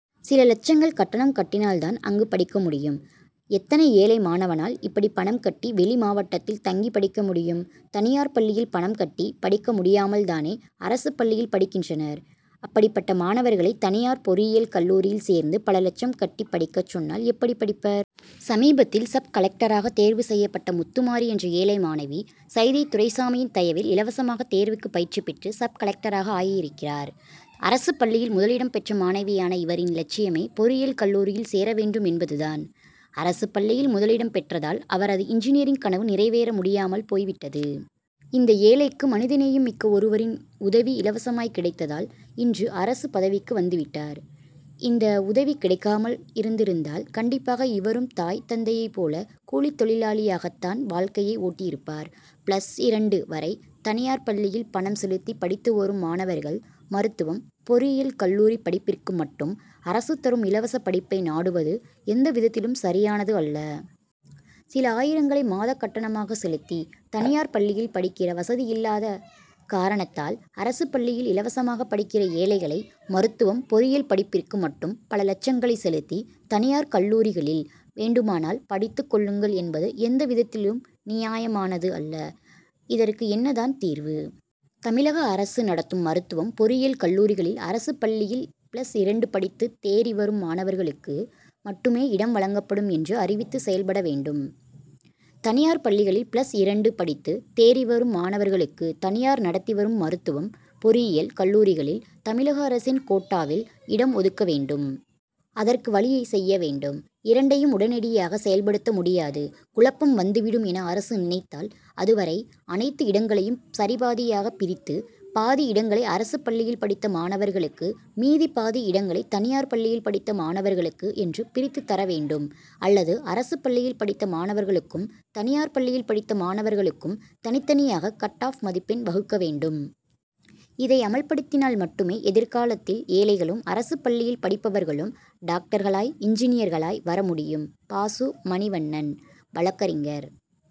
சில லட்சங்கள் கட்டணம் கட்டினால் தான், அங்கு படிக்க முடியும். எத்தனை ஏழை மாணவனால் இப்படி பணம் கட்டி, வெளி மாவட்டத்தில் தங்கி படிக்க முடியும்? தனியார் பள்ளியில் பணம் கட்டி படிக்க முடியாமல் தானே, அரசு பள்ளியில் படிக்கின்றனர். அப்படிப்பட்ட மாணவர்களை தனியார் பொறியியல் கல்லூரியில் சேர்ந்து, பல லட்சம் கட்டி படிக்கச் சொன்னால் எப்படி படிப்பர்? சமீபத்தில், சப்-கலெக்டராக தேர்வு செய்யப்பட்ட முத்துமாரி என்ற ஏழை மாணவி, சைதை துரைசாமியின் தயவில், இலவசமாக தேர்விற்கு பயிற்சி பெற்று சப்-கலெக்டராக ஆகியிருக்கிறார். அரசுப் பள்ளியில் முதலிடம் பெற்ற மாணவியான இவரின் லட்சியமே பொறியியல் கல்லூரியில் சேர வேண்டும் என்பது தான். அரசுப் பள்ளியில் முதலிடம் பெற்றதால், அவரது இன்ஜினியரிங் கனவு நிறைவேற முடியாமல் போய்விட்டது. இந்த ஏழைக்கு, மனித நேயம் மிக்க ஒருவரின் உதவி இலவசமாய் கிடைத்ததால், இன்று அரசுப் பதவிக்கு வந்துவிட்டார். இந்த உதவி கிடைக்காமல் இருந்திருந்தால் கண்டிப்பாக இவரும் தாய், தந்தையைப் போல, கூலித் தொழிலாளியாகத் தான் வாழ்க்கையை ஓட்டியிருப்பர். பிளஸ் இரண்டு வரை தனியார் பள்ளியில் பணம் செலுத்தி படித்து வரும் மாணவர்கள், மருத்துவம், பொறியியல் கல்லூரி படிப்பிற்கு மட்டும், அரசு தரும் இலவச படிப்பை நாடுவது எவ்விதத்திலும் சரியானது அல்ல. சில ஆயிரங்களை மாதக் கட்டணமாக செலுத்தி, தனியார் பள்ளியில் படிக்கிற வசதி இல்லாத காரணத்தால் அரசுப் பள்ளியில் இலவசமாக படிக்கிற ஏழைகளை மருத்துவம், பொறியியல் படிப்பிற்கு மட்டும், பல லட்சங்களை செலுத்தி, தனியார் கல்லூரிகளில் வேண்டுமானால் படித்துக் கொள்ளுங்கள் என்பது எவ்விதத்திலும் நியாயமானது அல்ல. இதற்கு என்ன தான் தீர்வு? தமிழக அரசு நடத்தும் மருத்துவம், பொறியியல் கல்லூரிகளில் அரசுப் பள்ளியில் பிளஸ் இரண்டு படித்து தேறி வரும் மாணவர்களுக்கு மட்டுமே இடம் வழங்கப்படும் என்று அறிவித்து செயல்பட வேண்டும். தனியார் பள்ளிகளில் பிளஸ் இரண்டு படித்து தேறி வரும் மாணவர்களுக்கு தனியார் நடத்தி வரும் மருத்துவம், பொறியியல் கல்லூரிகளில், தமிழக அரசின் கோட்டாவில் இடம் ஒதுக்க வேண்டும். அதற்கு வழி செய்ய வேண்டும். இரண்டையும் உடனடியாக செயல்படுத்த முடியாது. குழப்பம் வந்துவிடும் என அரசு நினனத்தால், அதுவரை, அனைத்து இடங்களையும் சரிபாதியாக பிரித்து, பாதி இடங்களை அரசுப் பள்ளியில் படித்த மாணவர்களுக்கு, மீதிப் பாதி இடங்களை தனியார் பள்ளியில் படித்த மாணவர்களுக்கு என்று பிரித்து தர வேண்டும் அல்லது அரசுப் பள்ளியில் படித்த மாணவர்களுக்கும், தனியார் பள்ளியில் படித்த மாணவர்களுக்கும் தனித்தனியாக கட்-ஆப் மதிப்பெண் வகுக்க வேண்டும். இதை அமல்படுத்தினால் மட்டுமே, எதிர்காலத்தில் ஏழைகளும், அரசுப் பள்ளியில் படிப்பவர்களும், டாக்டர்களாய், இன்ஜினியர்களாய் வர முடியும். பா. சு. மணிவண்ணன்- வழக்கறிஞர்